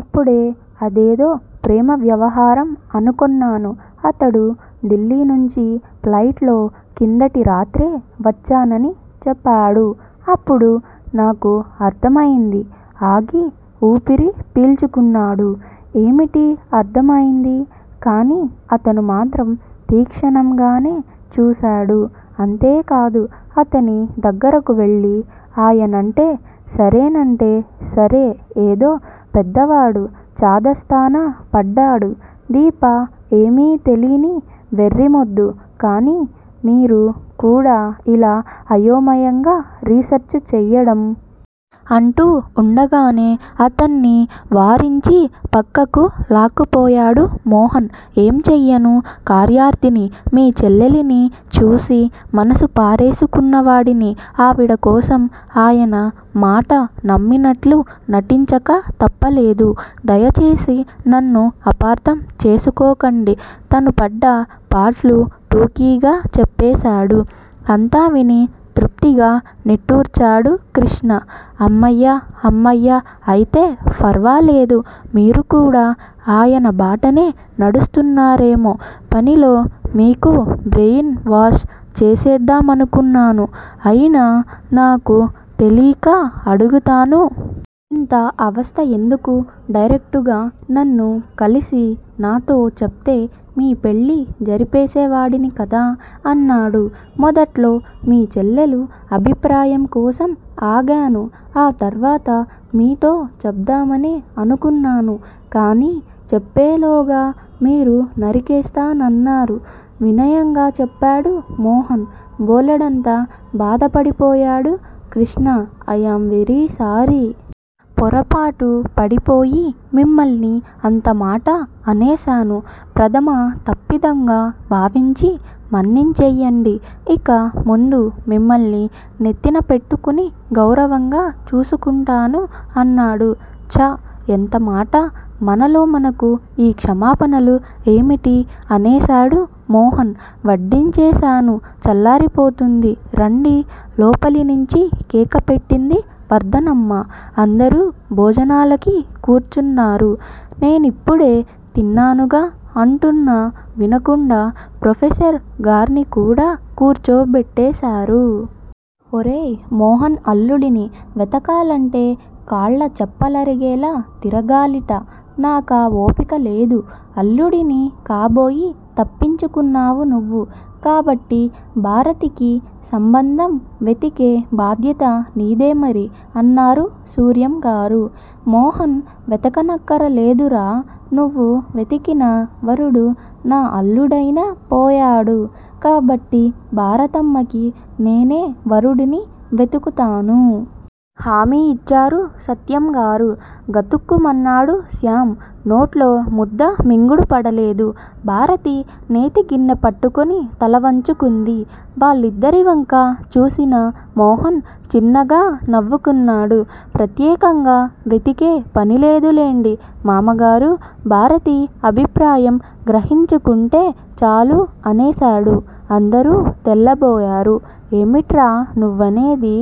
అప్పుడే అదేదో ప్రేమ వ్యవహారం అనుకొన్నాను. అతడు ఢిల్లీ నుంచి ప్లైట్ లో కిందటి రాత్రే వచ్చానని చెపాడు. అప్పుడు నాకు అర్థం అయింది ఆగి ఊపిరి పీల్చుకున్నాడు. ఏమిటి అర్థం అయింది? కానీ అతనుమాత్రం తీక్షణంగానేచూశాడు. అంతే కాదు అతని దగ్గరకువెళ్ళి, ఆయనంటే సరేనంటే సరే ఏదో పెద్దవాడు చాదస్తాన పడ్డాడు దీప ఏమీతెలీని వెర్రి మొద్దు కానీ మీరు కూడా ఇలా అయోమయంగా రిసెర్చ్ చెయ్యడం! అంటూ వుండగానే అతన్ని వారించి పక్కకు లాక్కుపోయాడు మోహన్. ఏం చెయ్యను కార్యార్థిని. మీ చెల్లెలిని చూసి మనసు పారేసుకున్నవాడిని ఆవిడకోసం ఆయన మాట నమ్మినట్లు నటించక తప్పలేదు. దయచేసి నన్ను అపార్థం చేసుకోకండి తనుపడ్డ పాట్లు టూకీగా చెప్పేశాడు. అంతా విని తృప్తిగా నిట్టూర్చాడు క్రిష్ణ అమ్మయ్య అమ్మయ్య అయితే ఫర్వాలేదు మీరుకూడా ఆయన బాటనే నడుస్తున్నారేమో పనిలో మీకూ బ్రెయిన్ వాష్ చేసేద్దామనుకున్నాను అయినా నాకు తెలీక అడుగుతాను. ఇంత అవస్థయెందుకు? డైరెక్టుగా నన్ను కలిసి నాతొ చెప్తే మీ పెళ్ళి జరిపేసేవాడిని కదా! అన్నాడు. మొదట్లో మీ చెల్లెలు అభిప్రాయంకోసం ఆగాను ఆ తర్వాత మీతో చెప్దామనే అనుకున్నాను. కానీ చెప్పేలోగా మీరు నరికేస్తానన్నారు వినయంగా చెప్పాడు మోహన్. బోలెడంత బాధపడిపోయాడు కృష్ణ ఐయాం వెరీ సారీ! పొరపాటు పడిపోయి మిమ్మల్ని అంతమాట అనేశాను. ప్రధమ తప్పిదంగా భావించి మన్నించెయ్యండి. ఇక ముందు మిమ్మల్ని నెత్తిన పెట్టుకుని గౌరవంగా చూసుకుంటాను అన్నాడు. ఛ యెంతమాట మనలో మనకు ఈ క్షమాపణలు ఏమిటి? అనేశాడు మోహన్. వడ్డించేశాను చల్లారిపోతుంది రండి! లోపలినించి కేకపెట్టింది వర్ధనమ్మ. అందరూ భోజనాలకి కూర్చున్నారు నేనిప్పుడే తిన్నానుగా అంటున్నా వినకుండా ప్రొఫెసర్ గార్నికూడా కూర్చోబెట్టేశారు. ఒరేయ్ మోహన్ అల్లుడిని. వెతకాలంటే కాళ్ళ చెప్పలరిగేలా తిరగాలిట నాకా ఓపిక లేదు. అల్లుడిని కాబోయి తప్పించుకున్నావు నువ్వు. కాబట్టి భారతికి సంబంధం వెతికే బాధ్యత నీదేమరి! అన్నారు సూర్యంగారు. మోహన్ వెతకనక్కరాలేదురా! నువ్వు వెతికిన వరుడు నా అల్లుడైనపోయాడు కాబట్టి భారతమ్మకి నేనే వరుడిని వెతుకుతాను! హామీ ఇచ్చారు సత్యంగారు. గతుక్కుమన్నాడు శ్యామ్. నోట్లో ముద్ద మింగుడు పడలేదు. భారతి నేతి గిన్నె పట్టుకొని తలవంచుకుంది. వాళ్ళిద్దరివంకా చూసిన మోహన్ చిన్నగా నవ్వుకున్నాడు. ప్రత్యేకంగా వెతికే పనిలేదులెండి మామగారూ! భారతి అభిప్రాయం గ్రహించుకుంటే చాలు అనేశాడు. అందరూ తెల్లబోయారు. ఏమిట్రా నువ్వనేది?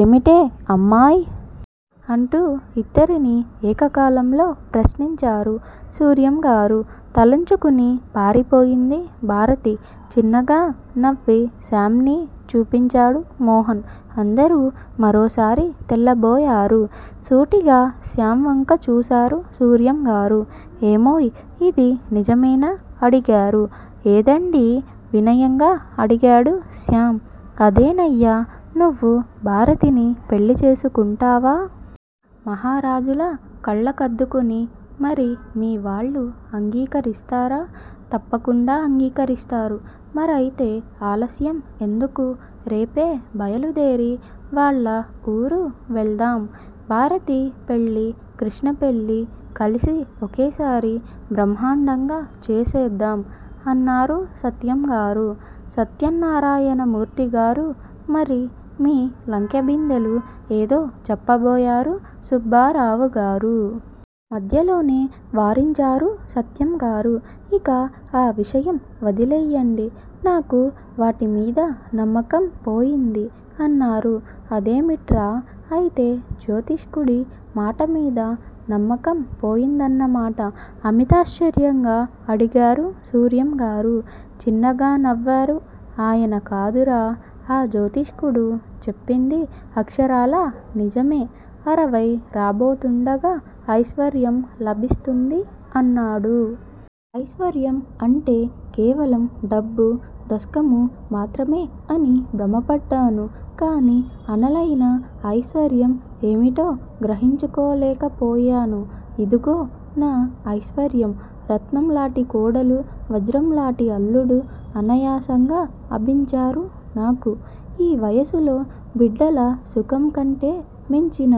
ఏమిటే అమ్మాయ్? అంటూ ఇద్దరినీ ఏక కాలంలో ప్రశ్నించారు సూర్యంగారు. తలోంచుకుని పారిపోయింది భారతి. చిన్నగా నవ్వి శ్యామ్ ని చూపించాడు మోహన్. అందరూ మరోసారి తెల్లబోయారు. సూటిగా శ్యామ్ వంక చూసారు సూర్యంగారు. ఏమోయ్ ఇది నిజమేనా? అడిగారు. ఏదండీ? వినయంగా అడిగాడు శ్యామ్. అదేనయ్యా! నువ్వు భారతిని పెళ్ళి చేసుకుంటావా? మహారాజులా! కళ్ళకద్దుకొని మరి మీ వాళ్ళు అంగీకరిస్తారా? తప్పకుండా అంగీకరిస్తారు మరయితే ఆలస్యం ఎందుకు? రేపే బయలుదేరి వాళ్ళ వూరు వెళ్దాం. భారతి పెళ్ళి, కృష్ణ పెళ్ళి కలిసి ఒకేసారి బ్రహ్మాండంగా చేసేద్దాం! అన్నారు సత్యంగారు. సత్యనారాయణమూర్తిగారూ! మరి మీ లంకెబిందెలు ఏదో చెప్పబోయారు సుబ్బారావుగారు. మధ్యలోనే వారించారు సత్యంగారు ఇక ఆ విషయం వదిలెయ్యండి నాకు వాటిమీద నమ్మకం పోయింది అన్నారు. అదేమిట్రా అయితే జ్యోతిష్కుడి మాటమీద నమ్మకం పోయిందన్నమాట అమితాశ్చర్యంగా అడిగారు సూర్యంగారు. చిన్నగా నవ్వారు ఆయన కాదురా! ఆ జ్యోతిష్కుడు చెప్పింది అక్షరాలా నిజమే. అరవై రాబోతుండగా ఐశ్వర్యం లభిస్తుంది అన్నాడు. ఐశ్వర్యం అంటే కేవలం డబ్బు దస్కమూ మాత్రమే అని భ్రమపడ్డాను. కానీ అనలయిన ఐశ్వర్యం ఏమిటోగ్రహించుకోలేకపోయాను ఇదుగో నా ఐశ్వర్యం. రత్నంలాటి కోడలు, వజ్రంలాటిఅల్లుడు అనాయాసంగా అభించారు నాకు. ఈ వయసులో బిడ్డల సుఖంకంటే మించిన